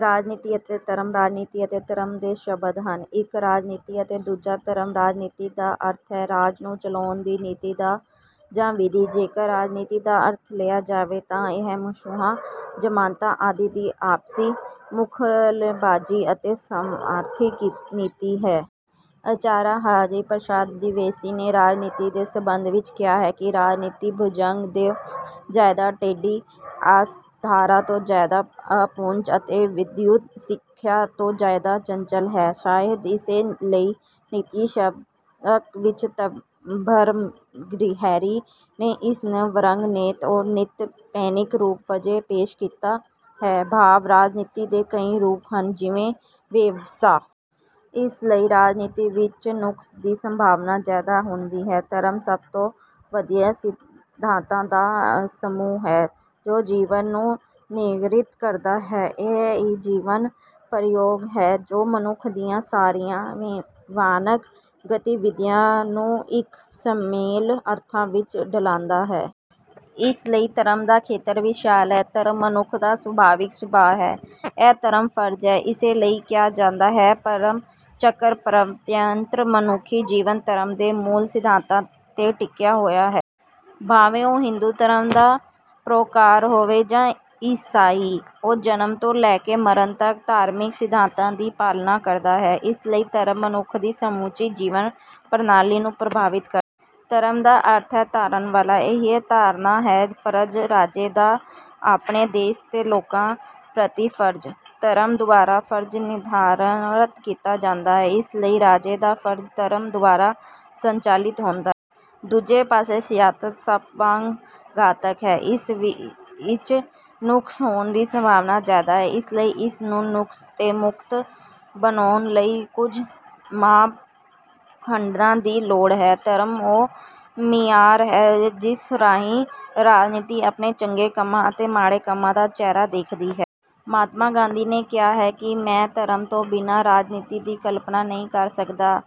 ਰਾਜਨੀਤੀ ਅਤੇ ਧਰਮ ਰਾਜਨੀਤੀ ਅਤੇ ਧਰਮ ਦੋ ਸ਼ਬਦ ਹਨ। ਇੱਕ ਰਾਜਨੀਤੀ ਅਤੇ ਦੂਜਾ ਧਰਮ। ਰਾਜਨੀਤੀ ਦਾ ਅਰਥ ਹੈ ਰਾਜ ਨੂੰ ਚਲਾਉਣ ਦੀ ਨੀਤੀ ਜਾਂ ਵਿਧੀ। ਜੇਕਰ ਰਾਜਨੀਤੀ ਦਾ ਅਰਥ ਲਿਆ ਜਾਵੇ ਤਾਂ ਇਹ ਸਮੂਹਾਂ, ਜਮਾਤਾਂ ਆਦਿ ਦੀ ਆਪਸੀ ਮੁਕਾਬਲੇਬਾਜ਼ੀ ਅਤੇ ਸਵਾਰਥੀ ਨੀਤੀ ਹੈ। ਆਚਾਰੀਆ ਹਜ਼ਾਰੀ ਪ੍ਰਸਾਦ ਦਿਵੇਦੀ ਨੇ ਰਾਜਨੀਤੀ ਦੇ ਸਬੰਧ ਵਿਚ ਕਿਹਾ ਹੈ ਕਿ ਰਾਜਨੀਤੀ ਭੁਜੰਗ ਤੋਂ ਜ਼ਿਆਦਾ ਟੇਢੀ, ਅਸਧਾਰਾ ਤੋਂ ਜ਼ਿਆਦਾ ਅਪਹੁੰਚ ਅਤੇ ਵਿਦਯੁਤ ਸ਼ਿਖਾ ਤੋਂ ਜ਼ਿਆਦਾ ਚੰਚਲ ਹੈ। ਸ਼ਾਇਦ ਇਸੇ ਲਈ ਨੀਤੀ ਸ਼ਤਕ ਵਿਚ ਭਰਤਰਿਹਰੀ ਨੇ ਇਸ ਨੂੰ 'ਵਰੰਗਨੇਵ ਨ੍ਰਿਪਤੇਨਿਕ ਰੂਪ' ਵਜੋਂ ਪੇਸ਼ ਕੀਤਾ ਹੈ, ਭਾਵ ਰਾਜਨੀਤੀ ਦੇ ਕਈ ਰੂਪ ਹਨ ਜਿਵੇਂ ਵੇਸਵਾ। ਇਸ ਲਈ ਰਾਜਨੀਤੀ ਵਿੱਚ ਨੁਕਸ ਦੀ ਸੰਭਾਵਨਾ ਜ਼ਿਆਦਾ ਹੁੰਦੀ ਹੈ। ਧਰਮ ਸਭ ਤੋਂ ਵਧੀਆ ਸਿਧਾਂਤਾਂ ਦਾ ਸਮੂਹ ਹੈ ਜੋ ਜੀਵਨ ਨੂੰ ਨਿਯੰਤਰਿਤ ਕਰਦਾ ਹੈ। ਇਹ ਇੱਕ ਜੀਵਤ ਪ੍ਰਯੋਗ ਹੈ ਜੋ ਮਨੁੱਖ ਦੀਆਂ ਸਾਰੀਆਂ ਵਿਹਾਰਕ ਗਤੀਵਿਧੀਆਂ ਨੂੰ ਇੱਕ ਸੁਮੇਲ ਅਰਥਾਂ ਵਿੱਚ ਢਾਲਦਾ ਹੈ। ਇਸ ਲਈ ਧਰਮ ਦਾ ਖੇਤਰ ਵਿਸ਼ਾਲ ਹੈ। ਧਰਮ ਮਨੁੱਖ ਦਾ ਸੁਭਾਵਿਕ ਸੁਭਾਅ ਹੈ। ਇਹ ਪਰਮ ਫਰਜ਼ ਹੈ। ਇਸੇ ਲਈ ਕਿਹਾ ਜਾਂਦਾ ਹੈ, 'ਧਰਮਚਕ੍ਰ ਪ੍ਰਵਰ੍ਤਨਯ'। ਮਨੁੱਖੀ ਜੀਵਨ ਧਰਮ ਦੇ ਮੂਲ ਸਿਧਾਂਤਾਂ 'ਤੇ ਟਿਕਿਆ ਹੋਇਆ ਹੈ। ਭਾਵੇਂ ਉਹ ਹਿੰਦੂ ਧਰਮ ਦਾ ਪੈਰੋਕਾਰ ਹੋਵੇ ਜਾਂ ਈਸਾਈ। ਉਹ ਜਨਮ ਤੋਂ ਲੈ ਕੇ ਮਰਨ ਤੱਕ ਧਾਰਮਿਕ ਸਿਧਾਂਤਾਂ ਦੀ ਪਾਲਣਾ ਕਰਦਾ ਹੈ। ਇਸ ਲਈ ਧਰਮ ਮਨੁੱਖ ਦੀ ਸਮੁੱਚੀ ਜੀਵਨ ਪ੍ਰਣਾਲੀ ਨੂੰ ਪ੍ਰਭਾਵਿਤ ਕਰਦਾ ਹੈ। ਧਰਮ ਦਾ ਅਰਥ ਹੈ ਧਾਰਨ ਵਾਲਾ। ਇਹ ਧਾਰਨਾ ਹੈ; ਫਰਜ਼, ਰਾਜੇ ਦਾ ਆਪਣੇ ਦੇਸ਼ ਅਤੇ ਲੋਕਾਂ ਪ੍ਰਤੀ ਫਰਜ਼। ਧਰਮ ਦੁਆਰਾ ਫਰਜ਼ ਨਿਰਧਾਰਤ ਕੀਤਾ ਜਾਂਦਾ ਹੈ। ਇਸ ਲਈ ਰਾਜੇ ਦਾ ਫਰਜ਼ ਧਰਮ ਦੁਆਰਾ ਸੰਚਾਲਿਤ ਹੁੰਦਾ ਹੈ। ਦੂਜੇ ਪਾਸੇ ਸਿਆਸਤ ਸੱਪ ਵਾਂਗ ਘਾਤਕ ਹੈ। ਇਸ ਵਿੱਚ ਨੁਕਸ ਹੋਣ ਦੀ ਸੰਭਾਵਨਾ ਜ਼ਿਆਦਾ ਹੈ, ਇਸ ਲਈ ਇਸ ਨੂੰ ਨੁਕਸ ਤੋਂ ਮੁਕਤ ਬਣਾਉਣ ਲਈ ਕੁਝ ਮਾਪਦੰਡਾਂ ਦੀ ਲੋੜ ਹੈ। ਧਰਮ ਉਹ ਮਿਆਰ ਹੈ ਜਿਸ ਰਾਹੀਂ ਰਾਜਨੀਤੀ ਆਪਣੇ ਚੰਗੇ ਕੰਮਾਂ ਅਤੇ ਮਾੜੇ ਕੰਮਾਂ ਦਾ ਚਿਹਰਾ ਦੇਖਦੀ ਹੈ। ਮਹਾਤਮਾ ਗਾਂਧੀ ਨੇ ਕਿਹਾ ਹੈ ਕਿ ਮੈਂ ਧਰਮ ਤੋਂ ਬਿਨਾਂ ਰਾਜਨੀਤੀ ਦੀ ਕਲਪਨਾ ਨਹੀਂ ਕਰ ਸਕਦਾ।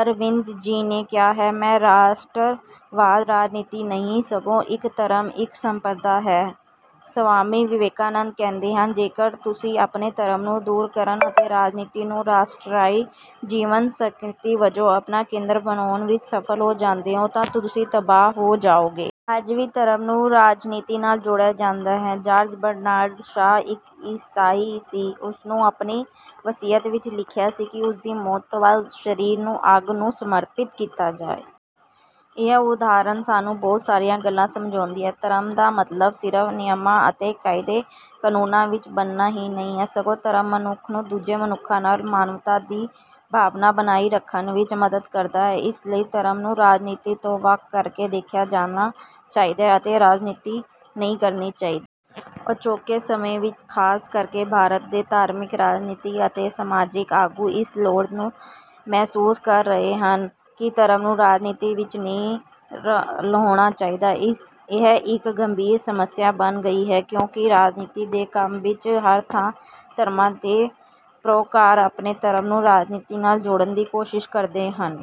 ਅਰਵਿੰਦ ਜੀ ਨੇ ਕਿਹਾ ਹੈ ਕਿ ਰਾਸ਼ਟਰਵਾਦ ਰਾਜਨੀਤੀ ਨਹੀਂ ਸਗੋਂ ਇੱਕ ਧਰਮ, ਇੱਕ ਸੰਪਰਦਾ ਹੈ। ਸਵਾਮੀ ਵਿਵੇਕਾਨੰਦ ਕਹਿੰਦੇ ਹਨ, "ਜੇਕਰ ਤੁਸੀਂ ਆਪਣੇ ਧਰਮ ਨੂੰ ਦੂਰ ਕਰਨ ਅਤੇ ਰਾਜਨੀਤੀ ਨੂੰ ਰਾਸ਼ਟਰੀ ਜੀਵਨ ਸ਼ਕਤੀ ਵਜੋਂ ਆਪਣਾ ਕੇਂਦਰ ਬਣਾਉਣ ਵਿੱਚ ਸਫਲ ਹੋ ਜਾਂਦੇ ਹੋ, ਤਾਂ ਤੁਸੀਂ ਤਬਾਹ ਹੋ ਜਾਵੋਗੇ। " ਅੱਜ ਵੀ ਧਰਮ ਨੂੰ ਰਾਜਨੀਤੀ ਨਾਲ ਜੋੜਿਆ ਜਾਂਦਾ ਹੈ। ਜਾਰਜ ਬਰਨਾਰਡ ਸ਼ਾਅ ਇੱਕ ਈਸਾਈ ਸੀ, ਉਸਨੇ ਆਪਣੀ ਵਸੀਅਤ ਵਿੱਚ ਲਿਖਿਆ ਸੀ ਕਿ ਉਸਦੀ ਮੌਤ ਤੋਂ ਬਾਅਦ ਸਰੀਰ ਨੂੰ ਅੱਗ ਨੂੰ ਸਮਰਪਿਤ ਕੀਤਾ ਜਾਵੇ। ਇਹ ਉਦਾਹਰਣ ਸਾਨੂੰ ਬਹੁਤ ਸਾਰੀਆਂ ਗੱਲਾਂ ਸਮਝਾਉਂਦੀ ਹੈ। ਧਰਮ ਦਾ ਮਤਲਬ ਸਿਰਫ਼ ਨਿਯਮਾਂ ਅਤੇ ਕਾਇਦੇ-ਕਾਨੂੰਨਾਂ ਵਿੱਚ ਬੱਝਣਾ ਹੀ ਨਹੀਂ ਹੈ, ਸਗੋਂ ਧਰਮ ਮਨੁੱਖ ਨੂੰ ਦੂਜੇ ਮਨੁੱਖਾਂ ਨਾਲ ਮਾਨਵਤਾ ਦੀ ਭਾਵਨਾ ਬਣਾਈ ਰੱਖਣ ਵਿੱਚ ਮਦਦ ਕਰਦਾ ਹੈ, ਇਸ ਲਈ ਧਰਮ ਨੂੰ ਰਾਜਨੀਤੀ ਤੋਂ ਵੱਖ ਕਰਕੇ ਦੇਖਿਆ ਜਾਣਾ ਚਾਹੀਦਾ ਹੈ ਅਤੇ ਰਾਜਨੀਤੀ ਨਹੀਂ ਕਰਨੀ ਚਾਹੀਦੀ। ਅਜੋਕੇ ਸਮੇਂ ਵਿੱਚ, ਖਾਸ ਕਰਕੇ ਭਾਰਤ ਦੇ ਧਾਰਮਿਕ, ਰਾਜਨੀਤਿਕ ਅਤੇ ਸਮਾਜਿਕ ਆਗੂ ਇਸ ਲੋੜ ਨੂੰ ਮਹਿਸੂਸ ਕਰ ਰਹੇ ਹਨ ਕਿ ਧਰਮ ਨੂੰ ਰਾਜਨੀਤੀ ਵਿੱਚ ਨਹੀਂ ਰਲਾਉਣਾ ਚਾਹੀਦਾ। ਇਹ ਇੱਕ ਗੰਭੀਰ ਸਮੱਸਿਆ ਬਣ ਗਈ ਹੈ ਕਿਉਂਕਿ ਰਾਜਨੀਤੀ ਦੇ ਕੰਮ ਵਿੱਚ ਹਰ ਥਾਂ ਧਰਮਾਂ ਦੇ ਪੈਰੋਕਾਰ ਆਪਣੇ ਧਰਮ ਨੂੰ ਰਾਜਨੀਤੀ ਨਾਲ ਜੋੜਨ ਦੀ ਕੋਸ਼ਿਸ਼ ਕਰਦੇ ਹਨ।